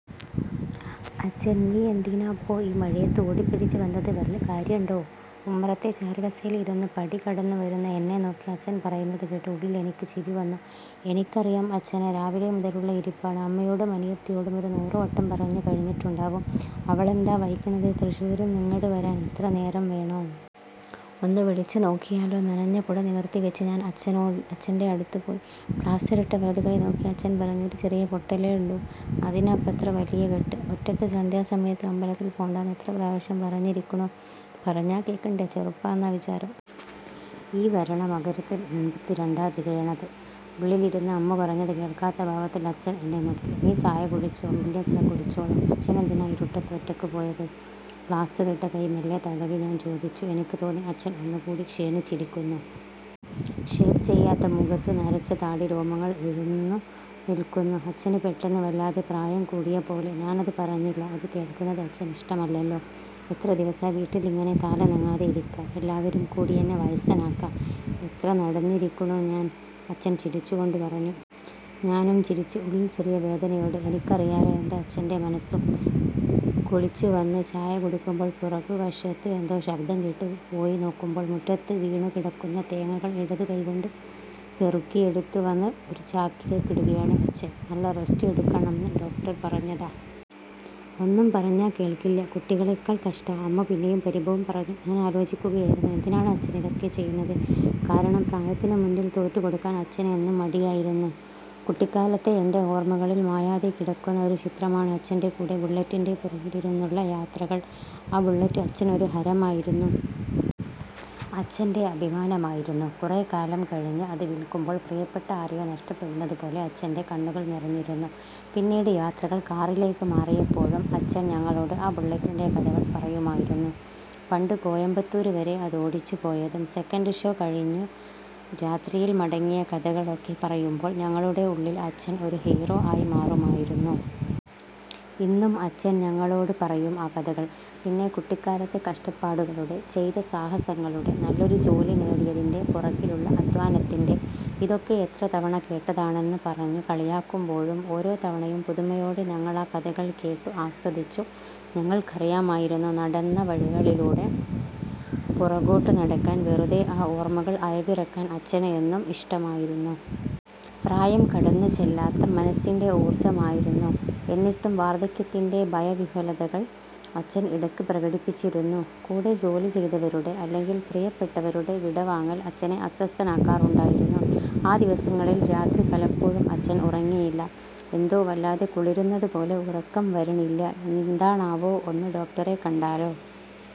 അച്ഛൻ ' നീയെന്തിനാപ്പോ ഈ മഴയത്ത് ഓടിപിടിച്ച് വന്നത് വല്ല കാര്യണ്ടോ. ' ഉമ്മറത്തെ ചാരുകസേരയിലിരുന്ന് പടി കടന്നു വരുന്ന എന്നെ നോക്കി അച്ഛൻ പറയുന്നത് കേട്ട് ഉള്ളിലെനിക്ക് ചിരി വന്നു. എനിക്കറിയാം അച്ഛനെ. രാവിലെ മുതലുള്ള ഇരിപ്പാണ്. അമ്മയോടും അനിയത്തിയോടും ഒരു നൂറു വട്ടം പറഞ്ഞു കഴിഞ്ഞിട്ടുണ്ടാവും ' അവളെന്താ വൈകണത് തൃശ്ശൂർന്നിങ്ങട് വരാൻ ഇത്ര നേരം വേണോ. ഒന്ന് വിളിച്ചു നോക്കിയാലോ. ' നനഞ്ഞ കുട നിവർത്തി വെച്ച് ഞാൻ അച്ഛന്‍റെ അടുത്ത് പോയി. പ്ലാസ്റ്ററിട്ട വലതു കൈ നോക്കി അച്ഛൻ പറഞ്ഞു. ' ഒരു ചെറിയ പൊട്ടലേ ള്ളൂ അതിനാപ്പൊത്ര വല്യ കെട്ട് ' ഒറ്റക്ക് സന്ധ്യാ സമയത്ത് അമ്പലത്തിൽ പോണ്ടാന്ന് എത്ര പ്രാവശ്യം പറഞ്ഞിരിക്കുണു പറഞ്ഞാ കേക്കണ്ടേ ചെറുപ്പാന്നാ വിചാരം. ഈ വരണ മകരത്തില്‍ എൺപത്തിരണ്ടാ തികയണത്. ' ഉള്ളിലിരുന്ന് അമ്മ പറഞ്ഞത് കേൾക്കാത്ത ഭാവത്തിൽ അച്ഛൻ എന്നെ നോക്കി. ' നീ ചായ കുടിച്ചോ? ' ഇല്ല്യച്ഛാ കുടിച്ചോളാം അച്ഛെനെന്തിനാ ഇരുട്ടത്ത് ഒറ്റക്ക് പോയത് '' പ്ലാസ്റ്ററിട്ട കൈ മെല്ലെ തടവി ഞാൻ ചോദിച്ചു എനിക്ക് തോന്നി അച്ഛൻ ഒന്ന് കൂടി ക്ഷീണിച്ചിരിക്കുന്നു. ഷേവ് ചെയ്യാത്ത മുഖത്തു നരച്ച താടിരോമങ്ങൾ എഴുന്നു നിൽക്കുന്നു അച്ഛന് പെട്ടെന്ന് വല്ലാതെ പ്രായം കൂടിയ പോലെ. ഞാനത് പറഞ്ഞില്ല അത് കേൾക്കുന്നത് അച്ഛനിഷ്ടമല്ലല്ലോ ' എത്ര ദിവസാ വീട്ടിലിങ്ങനെ കാലനങ്ങാതെ ഇരിക്കാ. എല്ലാവരും കൂടിയെന്നെ വയസ്സനാക്കാ. എത്ര നടന്നിരിക്കുണു ഞാൻ ' അച്ഛൻ ചിരിച്ചു കൊണ്ട് പറഞ്ഞു. ഞാനും ചിരിച്ചു. ഉള്ളിൽ ചെറിയ വേദനയോടെ. എനിക്കറിയാലോ എന്‍റെ അച്ഛന്‍റെ മനസ്സും. കുളിച്ചു വന്നു ചായ കുടിക്കുമ്പോൾ പുറകു വശത്തു എന്തോ ശബ്ദം കേട്ട് പോയി നോക്കുമ്പോൾ മുറ്റത്ത് വീണു കിടക്കുന്ന തേങ്ങകൾ ഇടതു കൈ കൊണ്ട് പെറുക്കിയെടുത്തു വന്നു ഒരു ചാക്കിലേക്കിടുകയാണ് അച്ഛൻ ' നല്ല റസ്റ്റ് എടുക്കണംന്ന് ഡോക്ടർ പറഞ്ഞതാ. ഒന്നും പറഞ്ഞാ കേൾക്കില്ല്യ കുട്ടികളെക്കാൾ കഷ്ടാ. ' അമ്മ പിന്നെയും പരിഭവം പറഞ്ഞു. ഞാനാലോചിക്കുകയായിരുന്നു. എന്തിനാണ് അച്ഛൻ ഇതൊക്കെ ചെയ്യുന്നത് കാരണം പ്രായത്തിനു മുന്നിൽ തോറ്റു കൊടുക്കാൻ അച്ഛന് എന്നും മടിയായിരുന്നു. കുട്ടിക്കാലത്തെ എന്‍റെ ഓർമകളിൽ മായാതെ കിടക്കുന്ന ഒരു ചിത്രമാണ് അച്ഛന്‍റെ കൂടെ ബുള്ളറ്റിന്റെ പുറകിലിരുന്നുള്ള യാത്രകൾ ആ ബുള്ളറ്റ് അച്ഛനൊരു ഹരമായിരുന്നു. അച്ഛന്‍റെ അഭിമാനമായിരുന്നു. കുറെ കാലം കഴിഞ്ഞ് അത് വിൽക്കുമ്പോൾ പ്രിയപ്പെട്ട ആരെയോ നഷ്ടപ്പെടുന്നതു പോലെ അച്ഛന്റെ കണ്ണുകൾ നിറഞ്ഞിരുന്നു പിന്നീട് യാത്രകൾ കാറിലേക്ക് മാറിയപ്പോഴും അച്ഛൻ ഞങ്ങളോട് ആ ബുള്ളറ്റിന്റെ കഥകൾ പറയുമായിരുന്നു. പണ്ട് കോയമ്പത്തൂർ വരെ അതോടിച്ചു പോയതും സെക്കന്‍റ് ഷോ കഴിഞ്ഞു രാത്രിയിൽ മടങ്ങിയ കഥകളൊക്കെ പറയുമ്പോൾ ഞങ്ങളുടെ ഉള്ളിൽ അച്ഛൻ ഒരു ഹീറോ ആയി മാറുമായിരുന്നു. ഇന്നും അച്ഛൻ ഞങ്ങളോട് പറയും ആ കഥകൾ. പിന്നെ കുട്ടിക്കാലത്തെ കഷ്ടപ്പാടുകളുടെ, ചെയ്ത സാഹസങ്ങളുടെ, നല്ലൊരു ജോലി നേടിയതിന്‍റെ പുറകിലുള്ള അദ്ധ്വാനത്തിന്‍റെ ' ഇതൊക്കെ എത്ര തവണ കേട്ടതാ'ണെന്ന് പറഞ്ഞു കളിയാക്കുമ്പോഴും ഓരോ തവണയും പുതുമയോടെ ഞങ്ങളാ കഥകൾ കേട്ടു ആസ്വദിച്ചു ഞങ്ങൾക്കറിയാമായിരുന്നു നടന്ന വഴികളിലൂടെ പുറകോട്ടു നടക്കാൻ വെറുതെ ആ ഓർമ്മകൾ അയവിറക്കാൻ അച്ഛന് എന്നും ഇഷ്ടമായിരുന്നു. പ്രായം കടന്നു ചെല്ലാത്ത മനസ്സിന്‍റെ ഊർജ്ജമായിരുന്നു. എന്നിട്ടും വാർദ്ധക്യത്തിന്റെ ഭയവിഹ്വലതകൾ അച്ഛൻ ഇടക്ക് പ്രകടിപ്പിച്ചിരുന്നു. കൂടെ ജോലി ചെയ്തവരുടെ അല്ലെങ്കിൽ പ്രിയപ്പെട്ടവരുടെ വിടവാങ്ങൽ അച്ഛനെ അസ്വസ്ഥനാക്കാറുണ്ടായിരുന്നു ആ ദിവസങ്ങളിൽ രാത്രി പലപ്പോഴും അച്ഛൻ ഉറങ്ങിയില്ല ' എന്തോ വല്ലാതെ കുളിരുന്നതു പോലെ ഉറക്കം വരിണില്യ എന്താണാവോ ഒന്ന് ഡോക്ടറെ കണ്ടാലോ.